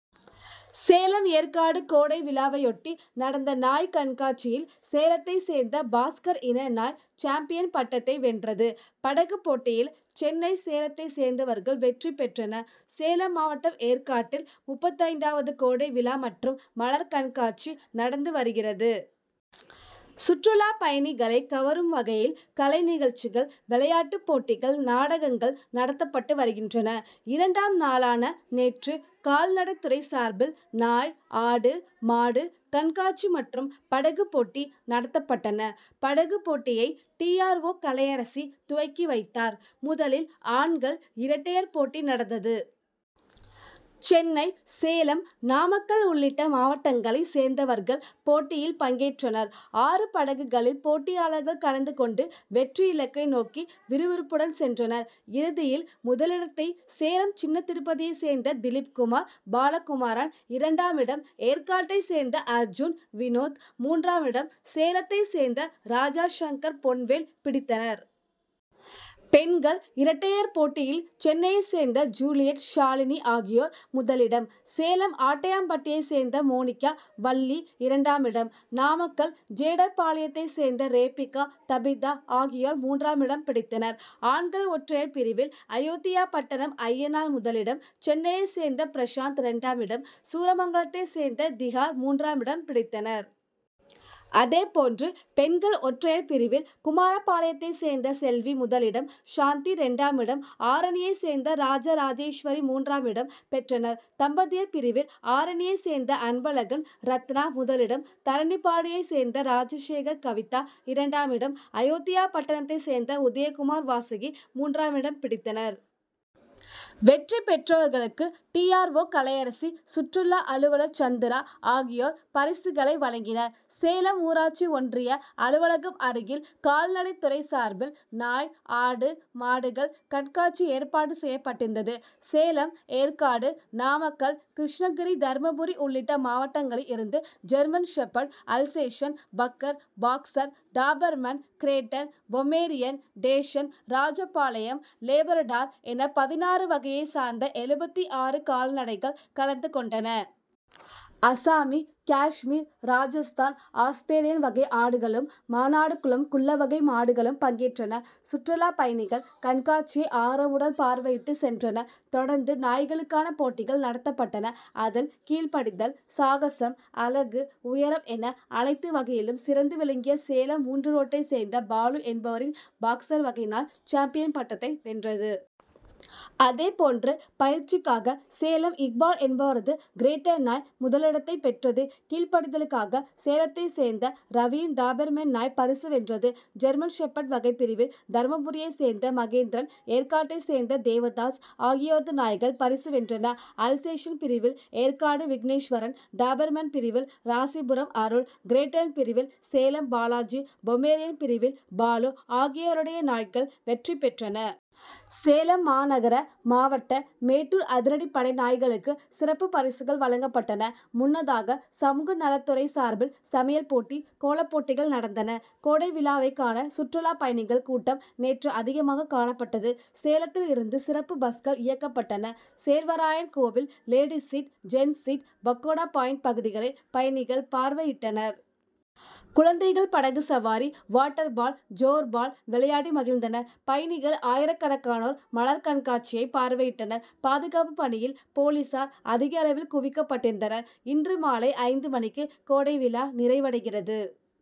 சேலம் ஏற்காடு கோடை விழாவையொட்டி நடந்த நாய் கண்காட்சியில் சேலத்தைச் சேர்ந்த பாக்ஸர் இன நாய், சாம்பியன் பட்டத்தை வென்றது. படகுப் போட்டியில், சென்னை, சேலத்தைச் சேர்ந்தவர்கள் வெற்றி பெற்றனர். சேலம் மாவட்டம் ஏற்காட்டில் முப்பத்தைந்து வது கோடைவிழா மற்றும் மலர் கண்காட்சி நடந்து வருகிறது. சுற்றுலா பயணிகளை கவரும் வகையில் கலைநிகழ்ச்சிகள், விளையாட்டுப் போட்டிகள், நாடகங்கள் நடத்தப்பட்டு வருகின்றன. இரண்டாம் நாளான நேற்று கால்நடைத்துறை சார்பில் நாய், ஆடு, மாடு கண்காட்சி மற்றும் படகுப் போட்டி நடத்தப்பட்டன. படகுப் போட்டியை, டி. ஆர். ஓ., கலையரசி துவக்கி வைத்தார். முதலில் ஆண்கள் இரட்டையர் போட்டி நடந்தது. சென்னை, சேலம், நாமக்கல் உள்ளிட்ட மாவட்டங்களைச் சேர்ந்தவர்கள் போட்டியில் பங்கேற்றனர். ஆறு படகுகளில் போட்டியாளர்கள் கலந்து கொண்டு வெற்றி இலக்கை நோக்கி விறுவிறுப்புடன் சென்றனர். இறுதியில், முதலிடத்தை சேலம் சின்னதிருப்பதியைச் சேர்ந்த திலீப்குமார், பாலகுமாரன், இரண்டாமிடம் ஏற்காட்டைச் சேர்ந்த அர்ஜூன், வினோத், மூன்றாமிடம் சேலத்தைச் சேர்ந்த ராஜாசங்கர், பொன்வேல் பிடித்தனர். பெண்கள் இரட்டையர் போட்டியில், சென்னையைச் சேர்ந்த ஜூலியட், ஷாலினி ஆகியோர் முதலிடம், சேலம் ஆட்டையாம்பட்டியைச் சேர்ந்த மோனிகா, வள்ளி இரண்டாமிடம், நாமக்கல் ஜேடர்பாளையத்தைச் சேர்ந்த ரேபிகா, தபிதா ஆகியோர் மூன்றாமிடம் பிடித்தனர். ஆண்கள் ஒற்றையர் பிரிவில், அயோத்தியாபட்டணம் அய்யனார் முதலிடம், சென்னையைச் சேர்ந்த பிரசாந்த் இரண்டாமிடம், சூரமங்கலத்தைச் சேர்ந்த திஹார் மூன்றாமிடம் பிடித்தனர். அதேபோன்று, பெண்கள் ஒற்றையர் பிரிவில், குமாரபாளையத்தைச் சேர்ந்த செல்வி முதலிடம், சாந்தி இரண்டாமிடம், ஆரணியைச் சேர்ந்த ராஜராஜேஸ்வரி மூன்றாமிடம் பெற்றனர். தம்பதியர் பிரிவில், ஆரணியைச் சேர்ந்த அன்பழகன், ரத்னா முதலிடம், தரணிபாடியைச் சேர்ந்த ராஜசேகர், கவிதா இரண்டாமிடம், அயோத்தியாபட்டணத்தைச் சேர்ந்த உதயகுமார், வாசுகி மூன்றாமிடம் பிடித்தனர். வெற்றி பெற்றவர்களுக்கு டி. ஆர். ஓ., கலையரசி, சுற்றுலா அலுவலர் சந்திரா ஆகியோர் பரிசுகளை வழங்கினர். சேலம் ஊராட்சி ஒன்றிய அலுவலகம் அருகில், கால்நடைத்துறை சார்பில் நாய், ஆடு, மாடுகள் கண்காட்சி ஏற்பாடு செய்யப்பட்டிருந்தது. சேலம், ஏற்காடு, நாமக்கல், கிருஷ்ணகிரி, தர்மபுரி உள்ளிட்ட மாவட்டங்களில் இருந்து ஜெர்மன்ஷெப்பர்டு, அல்சேஷன், பக்கர், boxer, Doberman, Great Dane, Pomeranian, dachshund, Rajapalayam, Labrador என பதினாறு வகையை சார்ந்த எழுபத்து ஆறு கால்நடைகள் கலந்து கொண்டன. அஸ்ஸாமி, காஷ்மீர், ராஜஸ்தான், ஆஸ்திரேலியன் வகை ஆடுகளும், மானாடுகுள்ளம் குள்ளவகை மாடுகளும் பங்கேற்றன. சுற்றுலா பயணிகள் கண்காட்சியை ஆர்வமுடன் பார்வையிட்டு சென்றனர். தொடர்ந்து நாய்களுக்கான போட்டிகள் நடத்தப்பட்டன. அதில், கீழ்படிதல், சாகசம், அழகு, உயரம் என அனைத்து வகையிலும் சிறந்து விளங்கிய சேலம் மூன்று ரோட்டைச் சேர்ந்த பாலு என்பவரின் பாக்ஸர் வகை நாய் சாம்பியன் பட்டத்தை வென்றது. அதே போன்று, பயிற்சிக்காக சேலம் இக்பால் என்பவரது கிரேட்டன் நாய் முதலிடத்தை பெற்றது. கீழ்படிதலுக்காக சேலத்தைச் சேர்ந்த ரவியின் டாபர்மேன் நாய் பரிசு வென்றது. ஜெர்மன் ஷெப்பர்டு வகை பிரிவில் தர்மபுரியைச் சேர்ந்த மகேந்திரன், ஏற்காட்டைச் சேர்ந்த தேவதாஸ் ஆகியோரது நாய்கள் பரிசு வென்றன. அல்சேஷன் பிரிவில் ஏற்காடு விக்னேஸ்வரன், டாபர்மேன் பிரிவில் ராசிபுரம் அருள், கிரேட்டன் பிரிவில் சேலம் பாலாஜி, பொமேரியன் பிரிவில் பாலு ஆகியோருடைய நாய்கள் வெற்றி பெற்றன. சேலம் மாநகர, மாவட்ட, மேட்டூர் அதிரடிப்படை நாய்களுக்கு சிறப்பு பரிசுகள் வழங்கப்பட்டன. முன்னதாக, சமூக நலத்துறை சார்பில் சமையல் போட்டி, கோலப்போட்டிகள் நடந்தன. கோடை விழாவை காண சுற்றுலா பயணிகள் கூட்டம் நேற்று அதிகமாக காணப்பட்டது. சேலத்தில் இருந்து சிறப்பு பஸ்கள் இயக்கப்பட்டன. சேர்வராயன் கோவில், ladies seat, gents seat, pakoda point பகுதிகளை பயணிகள் பார்வையிட்டனர். குழந்தைகள் படகு சவாரி, வாட்டர் பால், ஜோர் பால் விளையாடி மகிழ்ந்தனர். பயணிகள் ஆயிரக்கணக்கானோர் மலர் கண்காட்சியை பார்வையிட்டனர். பாதுகாப்பு பணியில் போலீஸார் அதிகளவில் குவிக்கப்பட்டிருந்தனர். இன்று மாலை ஐந்து மணிக்கு கோடைவிழா நிறைவடைகிறது.